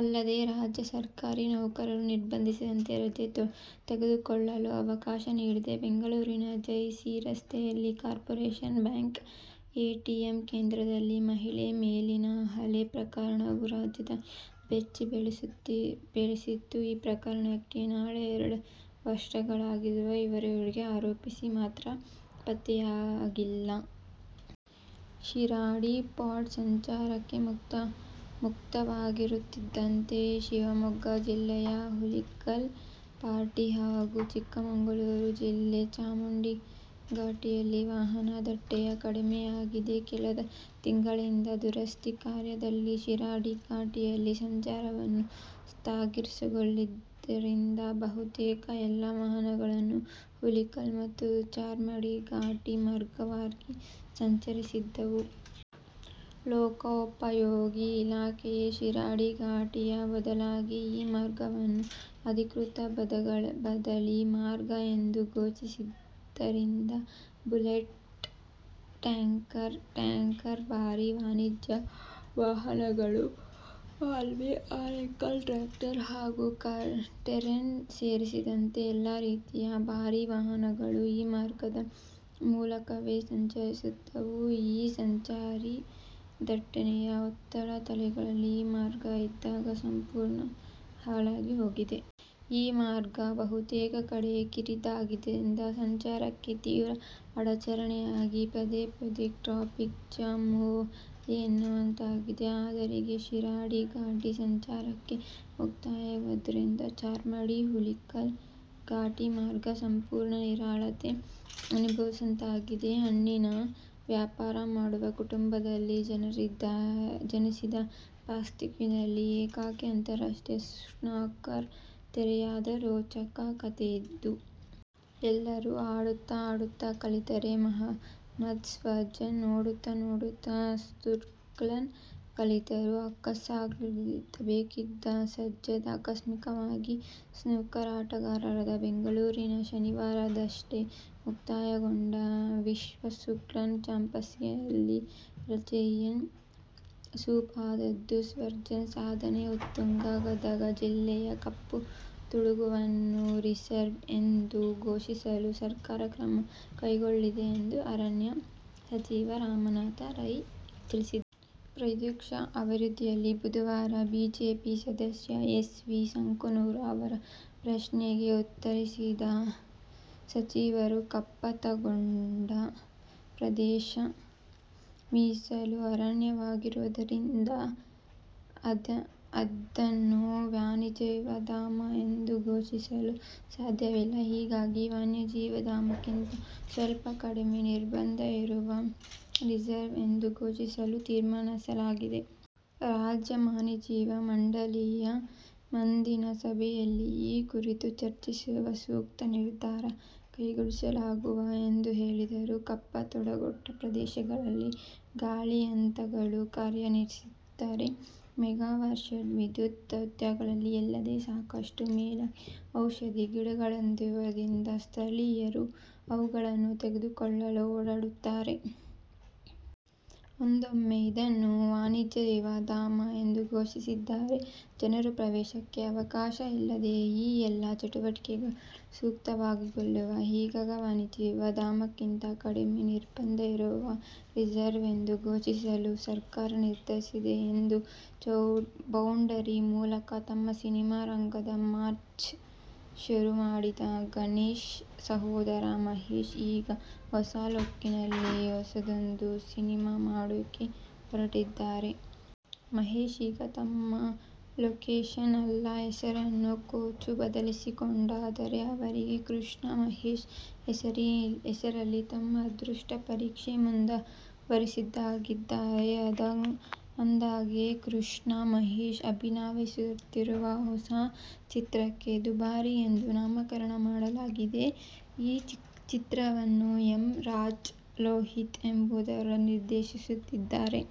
ಅಲ್ಲದೆ, ರಾಜ್ಯ ಸರ್ಕಾರಿ ನೌಕರರು ನಿರ್ಬಂಧಿತ ರಜೆ ತೆಗೆದುಕೊಳ್ಳಲು ಅವಕಾಶ ನೀಡಿದೆ. ಬೆಂಗಳೂರಿನ ಜೆ. ಸಿ. ರಸ್ತೆಯ ಕಾರ್ಪೊರೇಶನ್ ಬ್ಯಾಂಕ್ ಎಟಿಎಂ ಕೇಂದ್ರದಲ್ಲಿ ಮಹಿಳೆ ಮೇಲಿನ ಹಲ್ಲೆ ಪ್ರಕರಣವು ರಾಜಧಾನಿಯನ್ನು ಬೆಚ್ಚಿ ಬೀಳಿಸಿತ್ತು. ಈ ಪ್ರಕರಣಕ್ಕೆ ನಾಳೆ ಎರಡು ವರ್ಷಗಳಾಗುತ್ತಿದ್ದು ಇವರೆಗೂ ಆರೋಪಿ ಮಾತ್ರ ಪತ್ತೆಯಾಗಿಲ್ಲ. ಶಿರಾಡಿ ಘಾಟ್ ಸಂಚಾರಕ್ಕೆ ಮುಕ್ತವಾಗುತ್ತಿದ್ದಂತೆ ಶಿವಮೊಗ್ಗ ಜಿಲ್ಲೆಯ ಹುಲಿಕಲ್ ಘಾಟಿ ಹಾಗೂ ಚಿಕ್ಕಮಗಳೂರು ಜಿಲ್ಲೆ ಚಾರ್ಮಾಡಿ ಘಾಟಿಯಲ್ಲಿ ವಾಹನ ದಟ್ಟಣೆ ಕಡಿಮೆಯಾಗಿದೆ. ಕಳೆದ ತಿಂಗಳಿಂದ ದುರಸ್ತಿ ಕಾರ್ಯ ದಲ್ಲಿದ್ದ ಶಿರಾಡಿಘಾಟಿಯಲ್ಲಿ ಸಂಚಾರವನ್ನು ಸ್ಥಗಿತಗೊಳಿಸಿದ್ದರಿಂದ ಬಹುತೇಕ ಎಲ್ಲ ವಾಹನಗಳು ಹುಲಿಕಲ್ ಮತ್ತು ಚಾರ್ಮಾಡಿ ಘಾಟಿ ಮಾರ್ಗವಾಗಿ ಸಂಚರಿಸುತ್ತಿದ್ದವು. ಲೋಕೋಪಯೋಗಿ ಇಲಾಖೆಯೇ ಶಿರಾಡಿ ಘಾಟಿಯ ಬದಲಾಗಿ ಈ ಮಾರ್ಗವನ್ನು ಅಧಿಕೃತ ಬದಲಿ ಮಾರ್ಗ ಎಂದು ಘೋಷಿಸಿದ್ದರಿಂದ ಬುಲೆಟ್ ಟ್ಯಾಂಕರ್, ಟ್ಯಾಂಕರ್, ಭಾರಿ ವಾಣಿಜ್ಯ ವಾಹನಗಳು, multi axle trucker, cargo container ಸೇರಿದಂತೆ ಎಲ್ಲ ರೀತಿಯ ಭಾರೀ ವಾಹನಗಳು ಈ ಮಾರ್ಗದ ಮೂಲಕವೇ ಸಂಚರಿಸುತ್ತಿದ್ದವು. ಈ ಸಂಚಾರಿ ದಟ್ಟಣೆಯ ಒತ್ತಡ ತಾಳಲಾರದೆ ಈ ಮಾರ್ಗ ಇದೀಗ ಸಂಪೂರ್ಣ ಹಾಳಾಗಿ ಹೋಗಿದೆ. ಈ ಮಾರ್ಗ ಬಹುತೇಕ ಕಡೆ ಕಿರಿದಾಗಿದ್ದರಿಂದ ಸಂಚಾರಕ್ಕೆ ತೀವ್ರ ಅಡಚಣೆಯಾಗಿ ಪದೇ ಪದೆ ಟ್ರಾಫಿಕ್ ಜಾಮ್ ಮೂಮೂಲಿ ಎನ್ನುವಂತಾಗಿತ್ತು. ಆದರೀಗ ಶಿರಾಡಿ ಘಾಟಿ ಸಂಚಾರಕ್ಕೆ ಮುಕ್ತವಾಗಿರುವುದರಿಂದ ಚಾರ್ಮಾಡಿ, ಹುಲಿಕಲ್ ಘಾಟಿ ಮಾರ್ಗ ಸಂಪೂರ್ಣ ನಿರಾಳತೆ ಅನುಭವಿಸುವಂತಾಗಿದೆ. ಹಣ್ಣಿನ ವ್ಯಾಪಾರ ಮಾಡುವ ಕುಟುಂಬದಲ್ಲಿ ಜನಿಸಿದ ಪಾಕಿಸ್ತಾನಿಯೊಬ್ಬರು ಏಕಾಏಕಿ ಅಂತಾರಾಷ್ಟ್ರೀಯ ಸ್ನೂಕರ್ ತಾರೆಯಾದ ರೋಚಕ ಕಥೆಯಿದು. ಎಲ್ಲರೂ ಆಡುತ್ತಾ ಆಡುತ್ತಾ ಕಲಿತರೆ, ಮುಹಮ್ಮದ್ ಸಜ್ಜದ್ ನೋಡುತ್ತಾ ನೋಡುತ್ತಾ ಸ್ನೂಕರ್ ಕಲಿತರು. ಅಕ್ಕಸಾಲಿಗರಾಗಬೇಕಿದ್ದ ಸಜ್ಜದ್ ಆಕಸ್ಮಿಕವಾಗಿ ಸ್ನೂಕರ್ ಆಟಗಾರರಾದರು. ಬೆಂಗಳೂರಿನಲ್ಲಿ ಶನಿವಾರವಷ್ಟೇ ಮುಕ್ತಾಯಗೊಂಡ ವಿಶ್ವ ಸ್ನೂಕರ್ ಚಾಂಪಿಯನ್ಶಿಪ್ನಲ್ಲಿ ರನ್ನರ್ ಅಪ್ ಆದದ್ದು ಸಜ್ಜದ್ ಸಾಧನೆಯ ಉತ್ತುಂಗ! ಗದಗ ಜಿಲ್ಲೆಯ ಕಪ್ಪತಗುಡ್ಡವನ್ನು " ರಿಸರ್ವ್' ಎಂದು ಪರಿಗಣಿಸುವುದರ ಜತೆಗೆ ಔಷಧೀಯ ವನವನ್ನಾಗಿ ಘೋಷಿಸಲು ಸರ್ಕಾರ ಕ್ರಮ ಕೈಗೊಳ್ಳಲಿದೆ ಎಂದು ಅರಣ್ಯ ಸಚಿವ ರಮಾನಾಥ ರೈ ತಿಳಿಸಿದ್ದಾರೆ. ಪ್ರಶ್ನೋತ್ತರ ಅವಧಿಯಲ್ಲಿ ಬುಧವಾರ ಬಿಜೆಪಿ ಸದಸ್ಯ ಎಸ್. ವಿ. ಸಂಕನೂರ ಅವರ ಪ್ರಶ್ನೆಗೆ ಉತ್ತರಿಸಿದ ಸಚಿವರು, ಕಪ್ಪತಗುಡ್ಡ ಪ್ರದೇಶ ಮೀಸಲು ಅರಣ್ಯವಾಗಿರುವುದರಿಂದ ಅದನ್ನು ವನ್ಯಜೀವಿ ಧಾಮ ಎಂದು ಘೋಷಿಸಲು ಸಾಧ್ಯವಿಲ್ಲ. ಹೀಗಾಗಿ ವನ್ಯಜೀವಿ ಧಾಮಕ್ಕಿಂತ ಸ್ವಲ್ಪ ಕಡಿಮೆ ನಿರ್ಬಂಧ ಇರುವ " ರಿಸರ್ವ್' ಎಂದು ಘೋಷಿಸಲು ತೀರ್ಮಾನಿಸಲಾಗಿದೆ. ರಾಜ್ಯ ವನ್ಯಜೀವಿ ಮಂಡಳಿಯ ಮುಂದಿನ ಸಭೆಯಲ್ಲಿ ಈ ಕುರಿತು ಚರ್ಚಿಸಿ ಸೂಕ್ತ ನಿರ್ಧಾರ ಕೈಗೊಳ್ಳಲಾಗುವುದು ಎಂದು ಹೇಳಿದರು. ಕಪ್ಪತಗುಡ್ಡ ಪ್ರದೇಶದಲ್ಲಿ ಗಾಳಿಯಂತ್ರಗಳು ಕಾರ್ಯನಿರ್ವಹಿಸುತ್ತಿದ್ದು, ಮೆಗಾವ್ಯಾಟ್ ವಿದ್ಯುತ್ ಉತ್ಪಾದಿಸಲಾಗುತ್ತಿದೆ. ಅಲ್ಲದೆ, ಸಾಕಷ್ಟು ದೇವಸ್ಥಾನಗಳಿದ್ದು, ಭಕ್ತರು ಭೇಟಿ ನೀಡುತ್ತಿದ್ದಾರೆ. ಮೇಲಾಗಿ ಔಷಧೀಯ ಗಿಡಗಳಿರುವುದರಿಂದ ಸ್ಥಳೀಯರು ಅವುಗಳನ್ನು ತೆಗೆದುಕೊಳ್ಳಲು ಓಡಾಡುತ್ತಾರೆ. ಒಂದೊಮ್ಮೆ ಇದನ್ನು ವನ್ಯಜೀವಿ ಧಾಮ ಎಂದು ಘೋಷಿಸಿದರೆ ಜನರ ಪ್ರವೇಶಕ್ಕೆ ಅವಕಾಶ ಇಲ್ಲದೆ ಈ ಎಲ್ಲಾ ಚಟುವಟಿಕೆಗಳು ಸ್ಥಗಿತಗೊಳ್ಳಲಿವೆ. ಹೀಗಾಗಿ ವನ್ಯಜೀವಿ ಧಾಮಕ್ಕಿಂತ ಕಡಿಮೆ ನಿರ್ಬಂಧ ಇರುವ " ರಿಸರ್ವ್' ಎಂದು ಘೋಷಿಸಲು ಸರ್ಕಾರ ನಿರ್ಧರಿಸಿದೆ ಎಂದರು. "ಬೌಂಡರಿ' ಮೂಲಕ ತಮ್ಮ ಸಿನಿಮಾ ರಂಗದ ಮ್ಯಾಚ್ ಶುರುಮಾಡಿದ ಗಣೇಶ್ ಸಹೋದರ ಮಹೇಶ್, ಈಗ ಹೊಸ ಲುಕ್ನಲ್ಲಿ ಹೊಸದೊಂದು ಸಿನಿಮಾ ಮಾಡೋಕೆ ಹೊರಟಿದ್ದಾರೆ. ಮಹೇಶ್ ಈಗ ತಮ್ಮ ಲುಕ್ನಷ್ಟೇ ಅಲ್ಲ, ಹೆಸರನ್ನು ಕೊಂಚ ಬದಲಿಸಿಕೊಂಡಿದ್ದಾರೆ. ಅವರೀಗ ಕೃಷ್ಣ ಮಹೇಶ್ ಹೆಸರಲ್ಲಿ ತಮ್ಮ ಅದೃಷ್ಟ ಪರೀಕ್ಷೆ ಮುಂದುವರೆಸಲು ರೆಡಿಯಾಗಿದ್ದಾರೆ. ಅಂದಹಾಗೆ, ಕೃಷ್ಣ ಮಹೇಶ್ ಅಭಿನಯಿಸುತ್ತಿರುವ ಹೊಸ ಚಿತ್ರಕ್ಕೆ "ದುಬಾರಿ' ಎಂದು ನಾಮಕರಣ ಮಾಡಲಾಗಿದೆ. ಈ ಚಿತ್ರವನ್ನು ಎಂ. ರಾಜ್ ಲೋಹಿತ್ ಎಂಬುವವರು ನಿರ್ದೇಶಿಸುತ್ತಿದ್ದಾರೆ.